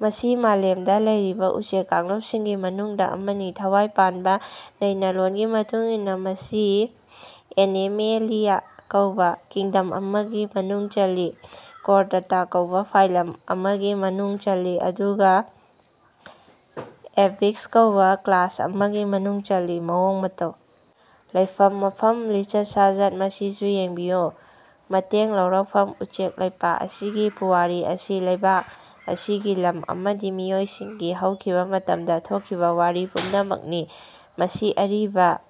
ꯃꯁꯤ ꯃꯥꯂꯦꯝꯗ ꯂꯩꯔꯤꯕ ꯎꯆꯦꯛ ꯀꯥꯡꯂꯨꯞꯁꯤꯡꯒꯤ ꯃꯅꯨꯡꯗ ꯑꯃꯅꯤ꯫ ꯊꯋꯥꯢ ꯄꯥꯟꯕ ꯅꯩꯅꯂꯣꯟꯒꯤ ꯃꯇꯨꯡꯏꯟꯅ ꯃꯁꯤ ꯑꯦꯅꯤꯃꯦꯂꯤꯌꯥ ꯀꯧꯕ ꯀꯤꯡꯗꯝ ꯑꯃꯒꯤ ꯃꯅꯨꯡ ꯆꯜꯂꯤ, ꯀꯣꯔꯗꯥꯇꯥ ꯀꯧꯕ ꯐꯥꯢꯂꯝ ꯑꯃꯒꯤ ꯃꯅꯨꯡ ꯆꯜꯂꯤ ꯑꯗꯨꯒ ꯑꯦꯚꯤꯁ ꯀꯧꯕ ꯀ꯭ꯂꯥꯁ ꯑꯃꯒꯤ ꯃꯅꯨꯡ ꯆꯜꯂꯤ꯫ ꯃꯑꯣꯡ ꯃꯇꯧ ꯂꯩꯐꯝ ꯃꯐꯝ ꯂꯤꯆꯠ ꯁꯥꯆꯠ ꯃꯁꯤꯁꯨ ꯌꯦꯡꯕꯤꯌꯨ ꯃꯇꯦꯡ ꯂꯧꯔꯛꯐꯝ ꯎꯆꯦꯛ ꯂꯩꯄꯥꯛ ꯑꯁꯤꯒꯤ ꯄꯨꯋꯥꯔꯤ ꯑꯁꯤ ꯂꯩꯄꯥꯛ ꯑꯁꯤꯒꯤ ꯂꯝ ꯑꯃꯗꯤ ꯃꯤꯑꯣꯢꯁꯤꯡꯒꯤ ꯍꯧꯈꯤꯕ ꯃꯇꯝꯗ ꯊꯣꯛꯈꯤꯕ ꯋꯥꯔꯤ ꯄꯨꯝꯅꯃꯛꯅꯤ꯫ ꯃꯁꯤ ꯑꯔꯤꯕ,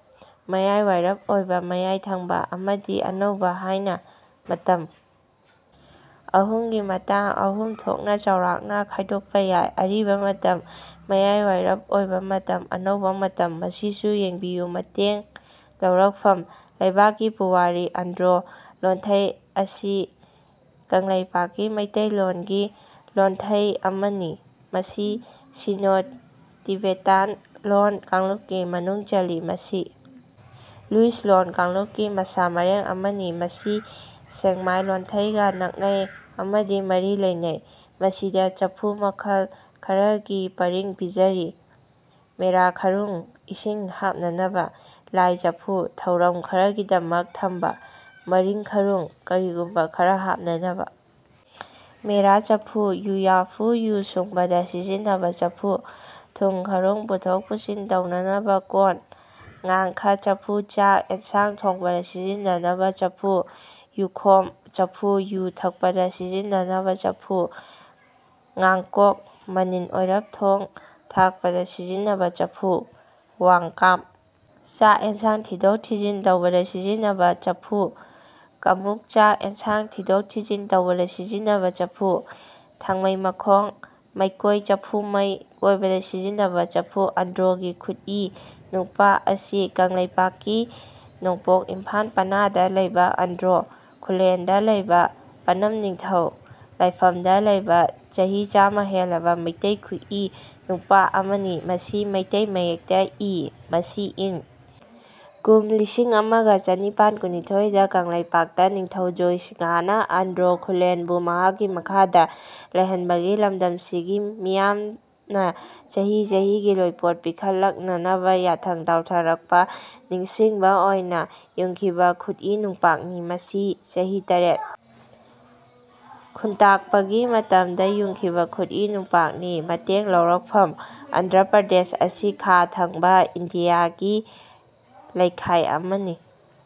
ꯃꯌꯥꯢꯋꯥꯢꯔꯞ ꯑꯣꯢꯕ (ꯃꯌꯥꯢ ꯊꯪꯕ) ꯑꯃꯗꯤ ꯑꯅꯧꯕ ꯍꯥꯢꯅ ꯃꯇꯝ ꯑꯍꯨꯝꯒꯤ ꯃꯇꯥꯡ ꯑꯍꯨꯝ ꯊꯣꯛꯅ ꯆꯥꯎꯔꯥꯛꯅ ꯈꯥꯢꯗꯣꯛꯄ ꯌꯥꯢ꯫ ꯑꯔꯤꯕ ꯃꯇꯝ ꯃꯌꯥꯢꯋꯥꯢꯔꯞ ꯑꯣꯢꯕ ꯃꯇꯝ ꯑꯅꯧꯕ ꯃꯇꯝ ꯃꯁꯤꯁꯨ ꯌꯦꯡꯕꯤꯌꯨ ꯃꯇꯦꯡ ꯂꯧꯔꯛꯐꯝ:ꯂꯩꯄꯥꯛꯀꯤ ꯄꯨꯋꯥꯔꯤ ꯑꯟꯗ꯭ꯔꯣ ꯂꯣꯟꯊꯩ ꯑꯁꯤ ꯀꯪꯂꯩꯄꯥꯛꯀꯤ ꯃꯤꯇꯩꯂꯣꯟꯒꯤ ꯂꯣꯟꯊꯩ ꯑꯃꯅꯤ꯫ ꯃꯁꯤ ꯁꯤꯅꯣ-ꯇꯤꯕꯦꯇꯥꯟ ꯂꯣꯟ ꯀꯥꯡꯂꯨꯞꯀꯤ ꯃꯅꯨꯡ ꯆꯜꯂꯤ꯫ ꯃꯁꯤ ꯂꯨꯏꯁ ꯂꯣꯟ ꯀꯥꯡꯂꯨꯞꯀꯤ ꯃꯁꯥ ꯃꯔꯦꯡ ꯑꯃꯅꯤ꯫ ꯃꯁꯤ ꯁꯦꯡꯃꯥꯢ ꯂꯣꯟꯊꯩꯒ ꯅꯛꯅꯩ ꯑꯃꯗꯤ ꯃꯔꯤ ꯂꯩꯅꯩ꯫ ꯃꯁꯤꯗ ꯆꯐꯨ ꯃꯈꯜ ꯈꯔꯒꯤ ꯄꯔꯤꯡ ꯄꯤꯖꯔꯤ꯫ ꯃꯦꯔꯥ ꯈꯔꯨꯡ ꯏꯁꯤꯡ ꯍꯥꯞꯅꯅꯕ, ꯂꯥꯢ ꯆꯐꯨ ꯊꯧꯔꯝ ꯈꯔꯒꯤꯗꯃꯛ ꯊꯝꯕ, ꯃꯔꯤꯡ ꯈꯔꯨꯡ ꯀꯔꯤꯒꯨꯝꯕ ꯈꯔ ꯍꯥꯞꯅꯅꯕ, ꯃꯦꯔꯥ ꯆꯐꯨ, ꯌꯨꯌꯥꯐꯨ ꯌꯨ ꯁꯨꯡꯕꯗ ꯁꯤꯖꯤꯟꯅꯕ ꯆꯐꯨ, ꯊꯨꯝꯈꯔꯨꯡ ꯄꯨꯊꯣꯛ ꯄꯨꯁꯤꯟ ꯇꯧꯅꯅꯕ ꯀꯣꯟ, ꯉꯥꯡꯈ (ꯆꯐꯨ) ꯆꯥꯛ ꯏꯟꯁꯥꯡ ꯊꯣꯡꯕꯗ ꯁꯤꯖꯤꯟꯅꯕ ꯆꯐꯨ, ꯌꯨꯈꯣꯝ (ꯆꯐꯨ) ꯌꯨ ꯊꯛꯄꯗ ꯁꯤꯖꯤꯟꯅꯕ ꯆꯐꯨ, ꯉꯥꯡꯀꯣꯛ ꯃꯅꯤꯟ ꯑꯣꯢꯔꯞ ꯊꯣꯡ ꯊꯥꯛꯄꯗ ꯁꯤꯖꯤꯟꯅꯕ ꯆꯐꯨ, ꯋꯪꯀꯥꯝ ꯆꯥꯛ ꯏꯟꯁꯥꯡ ꯊꯤꯗꯣꯛ-ꯊꯤꯖꯤꯟ ꯇꯧꯕꯗ ꯁꯤꯖꯤꯟꯅꯕ ꯆꯐꯨ, ꯀꯃꯨꯛ ꯆꯥꯛ ꯏꯟꯁꯥꯡ ꯊꯤꯗꯣꯛ-ꯊꯤꯖꯤꯟ ꯇꯧꯕꯗ ꯁꯤꯖꯤꯟꯅꯕ ꯆꯐꯨ, ꯊꯥꯡꯃꯩ ꯃꯈꯣꯡ, ꯃꯩꯀꯣꯢ ꯆꯐꯨ ꯃꯩ ꯀꯣꯢꯕꯗ ꯁꯤꯖꯤꯟꯅꯕ ꯆꯐꯨ꯫ ꯑꯟꯗ꯭ꯔꯣꯒꯤ ꯈꯨꯠꯏ ꯅꯨꯡꯄꯥꯛ ꯑꯁꯤ ꯀꯪꯂꯩꯄꯥꯛ ꯀꯤ ꯅꯣꯡꯄꯣꯛ ꯏꯝꯐꯥꯜ ꯄꯅꯥꯗ ꯂꯩꯕ ꯑꯟꯗ꯭ꯔꯣ ꯈꯨꯜꯂꯦꯟꯗ ꯂꯩꯕ ꯄꯅꯝ ꯅꯤꯡꯊꯧ ꯂꯥꯢꯐꯝꯗ ꯂꯩꯕ ꯆꯍꯤ ꯆꯥꯃ ꯍꯦꯜꯂꯕ ꯃꯤꯇꯩ ꯈꯨꯠꯏ ꯅꯨꯡꯄꯥꯛ ꯑꯃꯅꯤ꯫ ꯃꯁꯤ ꯃꯤꯇꯩ ꯃꯌꯦꯛꯇ ꯏ꯫ ꯃꯁꯤ ꯏꯪ. ꯀꯨꯝꯂꯤꯁꯤꯡꯑꯃꯒ ꯆꯥꯅꯤꯄꯥꯜ ꯀꯨꯟꯅꯤꯊꯣꯢ ꯗ ꯀꯪꯂꯩꯄꯥꯛ ꯗ ꯅꯤꯡꯊꯧ ꯖꯣꯢ ꯁꯤꯡꯍꯅ ꯑꯟꯗ꯭ꯔꯣ ꯈꯨꯜꯂꯦꯟ ꯕꯨ ꯃꯍꯥꯛꯀꯤ ꯃꯈꯥꯗ ꯂꯩꯍꯟꯕꯒꯤ ꯂꯝꯗꯝꯁꯤꯒꯤ ꯃꯤꯌꯥꯝꯅ ꯆꯍꯤ ꯆꯍꯤ ꯒꯤ ꯂꯣꯢꯄꯣꯠ ꯄꯤꯈꯠꯂꯛꯅꯅꯕ ꯌꯥꯊꯪ ꯇꯥꯎꯊꯔꯛꯄ ꯅꯤꯡꯁꯤꯡꯕ ꯑꯣꯢꯅ ꯌꯨꯡꯈꯤꯕ ꯈꯨꯠꯏ ꯅꯨꯡꯄꯥꯛ ꯅꯤ꯫ ꯃꯁꯤ ꯆꯍꯤ ꯇꯔꯦꯠ ꯈꯨꯟꯇꯥꯛꯄꯒꯤ ꯃꯇꯝꯗ ꯌꯨꯡꯈꯤꯕ ꯈꯨꯠꯏ ꯅꯨꯡꯄꯥꯛ ꯅꯤ꯫ ꯃꯇꯦꯡ ꯂꯧꯔꯛꯐꯝ ꯑꯟꯙ꯭ꯔ ꯄ꯭ꯔꯗꯦꯁ ꯑꯁꯤ ꯈꯥ ꯊꯪꯕ ꯏꯟꯗꯤꯌꯥ ꯒꯤ ꯂꯩꯈꯥꯢ ꯑꯃꯅꯤ꯫